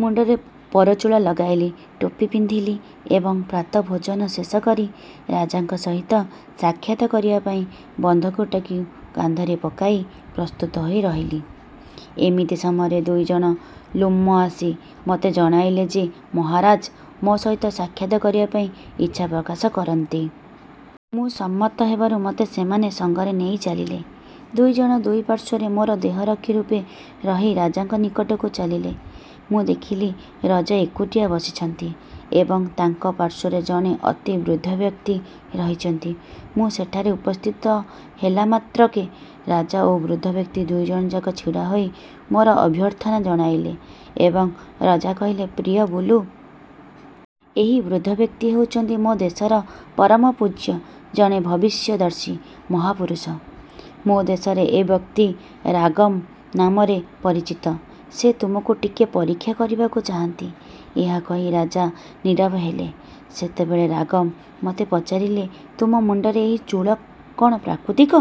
ମୁଣ୍ଡରେ ପରଚୁଳା ଲଗାଇଲି। ଟୋପି ପିନ୍ଧିଲି ଏବଂ ପ୍ରାତଃ ଭୋଜନ ଶେଷ କରି ରାଜାଙ୍କ ସହିତ ସାକ୍ଷାତ କରିବାପାଇଁ ବନ୍ଧୁକଟିକୁ କାନ୍ଧରେ ପକାଇ ପ୍ରସ୍ତୁତ ହୋଇ ରହିଲି। ଏମିତି ସମୟରେ ଦୁଇଜଣ ଲ୍ଲୁମ ଆସି ମୋତେ ଜଣାଇଲେ ଯେ, ମହାରାଜ ମୋ ସହିତ ସାକ୍ଷାତ କରିବାପାଇଁ ଇଚ୍ଛା ପ୍ରକାଶ କରନ୍ତି। ମୁଁ ସମ୍ମତ ହେବାରୁ ମୋତେ ସେମାନେ ସଙ୍ଗରେ ନେଇ ଚାଲିଲେ। ଦୁଇଜଣ ଦୁଇ ପାର୍ଶ୍ୱରେ ମୋର ଦେହରକ୍ଷୀ ରୂପେ ରହି ରାଜାଙ୍କ ନିକଟକୁ ଚାଲିଲେ। ମୁଁ ଦେଖିଲି ରଜା ଏକୁଟିଆ ବସିଛନ୍ତି ଏବଂ ତାଙ୍କ ପାର୍ଶ୍ୱରେ ଜଣେ ଅତି ବୃଦ୍ଧବ୍ୟକ୍ତି ରହିଛନ୍ତି। ମୁଁ ସେଠାରେ ଉପସ୍ଥିତ ହେଲା ମାତ୍ରକେ ରଜା ଓ ବୃଦ୍ଧବ୍ୟକ୍ତି ଦୁଇଜଣଯାକ ଛିଡ଼ା ହୋଇ ମୋର ଅଭ୍ୟର୍ଥନା ଜଣାଇଲେ ଏବଂ ରଜା କହିଲେ, 'ପ୍ରିୟ ବୁଲୁ! ଏହି ବୃଦ୍ଧବ୍ୟକ୍ତି ହେଉଛନ୍ତି ମୋ ଦେଶର ପରମପୂଜ୍ୟ ଜଣେ ଭବିଷ୍ୟଦର୍ଶୀ ମହାପୁରୁଷ। ମୋ ଦେଶରେ ଏ ବ୍ୟକ୍ତି ରାଗମ୍ ନାମରେ ପରିଚିତ। ସେ ତୁମକୁ ଟିକିଏ ପରୀକ୍ଷା କରିବାକୁ ଚାହାନ୍ତି। ' ଏହା କହି ରାଜା ନୀରବ ହେଲେ। ସେତେବେଳେ ରାଗମ୍ ମୋତେ ପଚାରିଲେ, ତୁମ ମୁଣ୍ଡରେ ଏହି ଚୂଳ କ'ଣ ପ୍ରାକୃତିକ?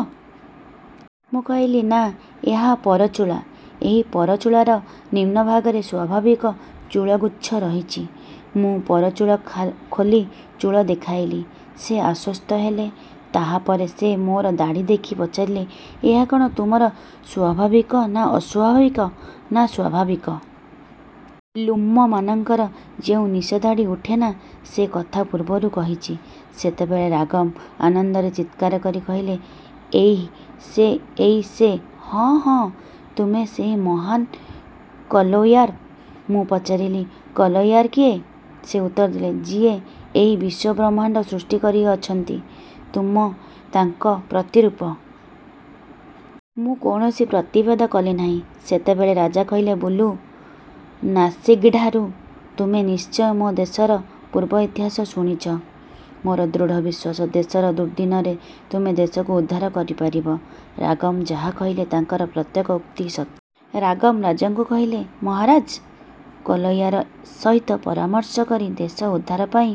ମୁଁ କହିଲି, ନା ଏହା ପରଚୁଳା। ଏହି ପରଚୁଳାର ନିମ୍ନଭାଗରେ ସ୍ୱାଭାବିକ ଚୂଳଗୁଚ୍ଛ ରହିଛି। ମୁଁ ପରଚୁଳା ଖୋଲି ଚୂଳ ଦେଖାଇଲି, ସେ ଆଶ୍ୱସ୍ତ ହେଲେ। ତାହାପରେ ସେ ମୋର ଦାଢ଼ି ଦେଖି ପଚାରିଲେ, ଏହା କ'ଣ ତୁମର ସ୍ୱାଭାବିକ ନା ଅସ୍ୱାଭାବିକ? ନା, ସ୍ୱାଭାବିକ। ଲ୍ଲୁମମାନଙ୍କର ଯେଉଁ ନିଶ ଦାଢ଼ି ଉଠେନା ସେ କଥା ପୂର୍ବରୁ କହିଛି। ସେତେବେଳେ ରାଗମ୍ ଆନନ୍ଦରେ ଚିତ୍କାର କରି କହିଲେ, ''ଏଇ ସେ,-ଏଇ ସେ। ହଁ, ହଁ, ତୁମେ ସେହି ମହାନ୍ କଲୋୟାର। ମୁଁ ପଚାରିଲି, 'କଲୋୟାର କିଏ? ' ସେ ଉତ୍ତର ଦେଲେ, ''ଯିଏ ଏହି ବିଶ୍ୱବ୍ରହ୍ମାଣ୍ଡ ସୃଷ୍ଟି କରିଅଛନ୍ତି, ତୁମେ ତାଙ୍କର ପ୍ରତିରୂପ-। ମୁଁ କୌଣସି ପ୍ରତିବାଦ କଲି ନାହିଁ। ସେତେବେଳେ ରାଜା କହିଲେ, ''ବୁଲୁ! ନାସିଗ୍ଠାରୁ ତୁମେ ନିଶ୍ଚୟ ମୋ ଦେଶର ପୂର୍ବ ଇତିହାସ ଶୁଣିଛ। ମୋର ଦୃଢ଼ ବିଶ୍ୱାସ, ଦେଶର ଦୁର୍ଦ୍ଦିନରେ ତୁମେ ଦେଶକୁ ଉଦ୍ଧାର କରିପାରିବ। ରାଗମ୍ ଯାହା କହିଲେ, ତାଙ୍କର ପ୍ରତ୍ୟେକ ଉକ୍ତି ସତ୍ୟ। '' ରାଗମ୍ ରାଜାଙ୍କୁ କହିଲେ, ମହାରାଜ! କଲୋୟାର ସହିତ ପରାମର୍ଶ କରି ଦେଶ ଉଦ୍ଧାରପାଇଁ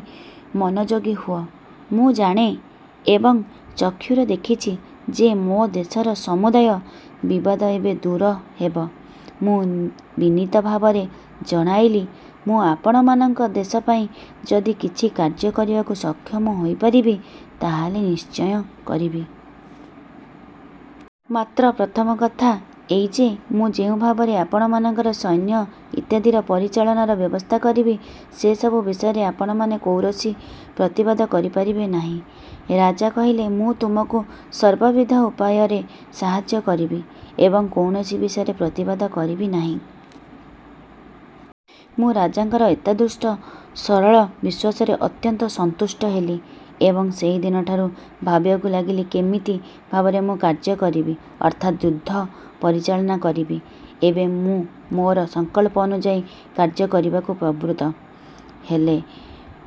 ମନୋଯୋଗୀ ହୁଅ। ମୁଁ ଜାଣେ ଏବଂ ଚକ୍ଷୁରେ ଦେଖିଛି ଯେ ମୋ ଦେଶର ସମୁଦାୟ ବିବାଦ ଏବେ ଦୂର ହେବ। ମୁଁ ବିନୀତ ଭାବରେ ଜଣାଇଲି, ''ମୁଁ ଆପଣମାନଙ୍କ ଦେଶପାଇଁ ଯଦି କିଛି କାର୍ଯ୍ୟ କରିବାକୁ ସକ୍ଷମ ହୋଇପାରିବି ତାହାହେଲେ ନିଶ୍ଚୟ କରିବି। ମାତ୍ର ପ୍ରଥମ କଥା ଏଇ ଯେ, ମୁଁ ଯେଉଁ ଭାବରେ ଆପଣମାନଙ୍କର ସୈନ୍ୟ ଇତ୍ୟାଦିର ପରିଚାଳନାର ବ୍ୟବସ୍ଥା କରିବି, ସେସବୁ ବିଷୟରେ ଆପଣମାନେ କୌରସି ପ୍ରତିବାଦ କରିପାରିବେ ନାହିଁ। ରାଜା କହିଲେ-ମୁଁ ତୁମକୁ ସର୍ବବିଧ ଉପାୟରେ ସାହାଯ୍ୟ କରିବି ଏବଂ କୌଣସି ବିଷୟରେ ପ୍ରତିବାଦ କରିବି ନାହିଁ। ମୁଁ ରାଜାଙ୍କର ଏତାଦୃଶ ସରଳ ବିଶ୍ୱାସରେ ଅତ୍ୟନ୍ତ ସନ୍ତୁଷ୍ଟ ହେଲି ଏବଂ ସେହିଦିନଠାରୁ ଭାବିବାକୁ ଲାଗିଲି କିମିତି ଭାବରେ ମୁଁ କାର୍ଯ୍ୟ କରିବି ଅର୍ଥାତ୍ ଯୁଦ୍ଧ ପରିଚାଳନା କରିବି। ଏବେ ମୁଁ ମୋର ସଂକଳ୍ପ ଅନୁଯାୟୀ କାର୍ଯ୍ୟ କରିବାକୁ ପ୍ରବୃତ୍ତ ହେଲି।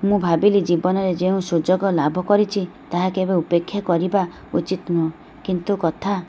ମୁଁ ଭାବିଲି, ଜୀବନରେ ଯେଉଁ ସୁଯୋଗ ଲାଭ କରିଛି, ତାହା କେବେ ଉପେକ୍ଷା କରିବା ଉଚିତ ନୁହେଁ। କିନ୍ତୁ କଥା